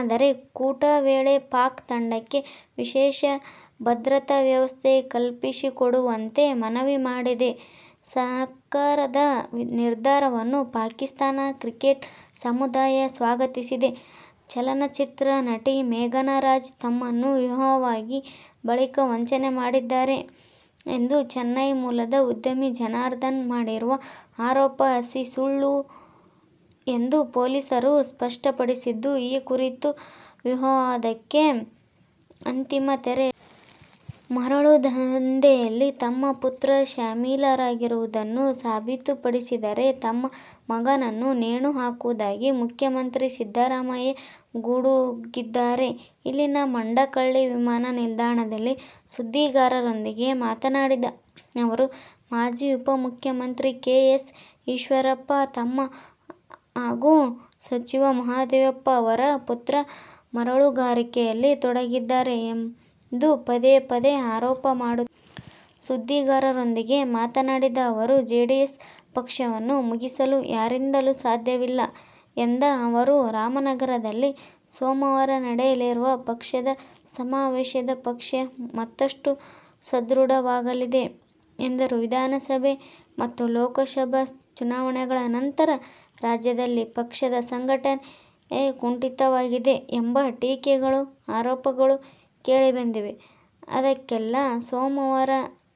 ಆದರೆ ಕೂಟ ವೇಳೆ ಪಾಕ್ ತಂಡಕ್ಕೆ ವಿಶೇಷ ಭದ್ರತಾ ವ್ಯವಸ್ಥೆ ಕಲ್ಪಿಸಿಕೊಡುವಂತೆ ಮನವಿ ಮಾಡಿದೆ. ಸರಕಾರದ ನಿರ್ಧಾರವನ್ನು ಪಾಕಿಸ್ಥಾನ ಕ್ರಿಕೆಟ್ ಸಮುದಾಯ ಸ್ವಾಗತಿಸಿದೆ. ಚಲನಚಿತ್ರ ನಟಿ ಮೇಘನಾ ರಾಜ್ ತಮ್ಮನ್ನು ವಿವಾಹವಾಗಿ ಬಳಿಕ ವಂಚನೆ ಮಾಡಿದ್ದಾರೆ ಎಂದು ಚೆನ್ನೈ ಮೂಲದ ಉದ್ಯಮಿ ಜನಾರ್ದನ್ ಮಾಡಿರುವ ಆರೋಪ ಹಸಿ ಸುಳ್ಳು ಎಂದು ಪೊಲೀಸರು ಸ್ಪಷ್ಟಪಡಿಸಿದ್ದು, ಈ ಕುರಿತ ವಿವಾದಕ್ಕೆ ಅಂತಿಮ ತೆರೆ ಎಳೆದಿದ್ದಾರೆ. ಮರಳು ದಂಧೆಯಲ್ಲಿ ತಮ್ಮ ಪುತ್ರ ಶಾಮೀಲಾಗಿರುವುದನ್ನು ಸಾಬೀತು ಪಡಿಸಿದರೆ ತಮ್ಮ ಮಗನನ್ನು ನೇಣು ಹಾಕುವುದಾಗಿ ಮುಖ್ಯಮಂತ್ರಿ ಸಿದ್ದರಾಮಯ್ಯ ಗುಡುಗಿದ್ದಾರೆ. ಇಲ್ಲಿನ ಮಂಡಕಳ್ಳಿ ವಿಮಾನ ನಿಲ್ದಾಣದಲ್ಲಿ ಸುದ್ದಿಗಾರರೊಂದಿಗೆ ಮಾತನಾಡಿದ ಅವರು, ಮಾಜಿ ಉಪಮುಖ್ಯಮಂತ್ರಿ ಕೆ. ಎಸ್. ಈಶ್ವರಪ್ಪ ತಮ್ಮ ಹಾಗೂ ಸಚಿವ ಮಹದೇವಪ್ಪ ಅವರ ಪುತ್ರ ಮರಳುಗಾರಿಕೆಯಲ್ಲಿ ತೊಡಗಿದ್ದಾರೆ ಎಂದು ಪದೇ ಪದೇ ಆರೋಪ ಮಾಡುತ್ತಿದ್ದಾರೆ. ಸುದ್ದಿಗಾರರೊಂದಿಗೆ ಮಾತನಾಡಿದ ಅವರು, ಜೆಡಿಎಸ್ ಪಕ್ಷವನ್ನು ಮುಗಿಸಲು ಯಾರಿಂದಲೂ ಸಾಧ್ಯವಿಲ್ಲ ಎಂದ ಅವರು, ರಾಮನಗರದಲ್ಲಿ ಸೋಮವಾರ ನಡೆಯಲಿರುವ ಪಕ್ಷದ ಸಮಾವೇಶದ ಪಕ್ಷ ಮತ್ತಷ್ಟು ಸದೃಢವಾಗಲಿದೆ ಎಂದರು. ವಿಧಾನಸಭೆ ಮತ್ತು ಲೋಕಸಭಾ ಚುನಾವಣೆಗಳ ನಂತರ ರಾಜ್ಯದಲ್ಲಿ ಪಕ್ಷದ ಸಂಘಟನೆ ಕುಂಠಿತವಾಗಿದೆ ಎಂಬ ಟೀಕೆಗಳು, ಆರೋಪಗಳು ಕೇಳಿಬಂದಿವೆ. ಅದಕ್ಕೆಲ್ಲ ಸೋಮವಾರ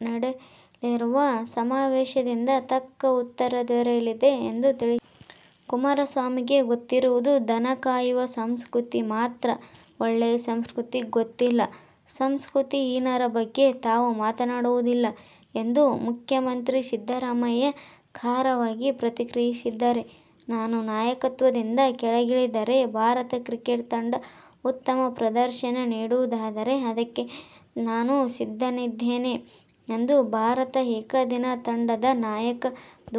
ನಡೆಯಲಿರುವ ಸಮಾವೇಶದಿಂದ ತಕ್ಕ ಉತ್ತರ ದೊರೆಯಲಿದೆ ಎಂದು ತಿಳಿಸಿದರು. ಕುಮಾರಸ್ವಾಮಿಗೆ ಗೊತ್ತಿರುವುದು ದನ ಕಾಯುವ ಸಂಸ್ಕೃತಿ ಮಾತ್ರ. ಒಳ್ಳೇ ಸಂಸ್ಕೃತಿ ಗೊತ್ತಿಲ್ಲ. ಸಂಸ್ಕೃತಿ ಹೀನರ ಬಗ್ಗೆ ತಾವು ಮಾತನಾಡುವುದಿಲ್ಲ ಎಂದು ಮುಖ್ಯಮಂತ್ರಿ ಸಿದ್ಧರಾಮಯ್ಯ ಖಾರವಾಗಿ ಪ್ರತಿಕ್ರಿಯಿಸಿದ್ದಾರೆ. ನಾನು ನಾಯಕತ್ವದಿಂದ ಕೆಳಗಿಳಿದರೆ ಭಾರತ ಕ್ರಿಕೆಟ್ ತಂಡ ಉತ್ತಮ ಪ್ರದರ್ಶನ ನೀಡುವುದಾದರೆ ಅದಕ್ಕೆ ನಾನು ಸಿದ್ಧನಿದ್ದೇನೆ ಎಂದು ಭಾರತ ಏಕದಿನ ತಂಡದ ನಾಯಕ ಧೋನಿ ಹೇಳಿದ್ದಾರೆ.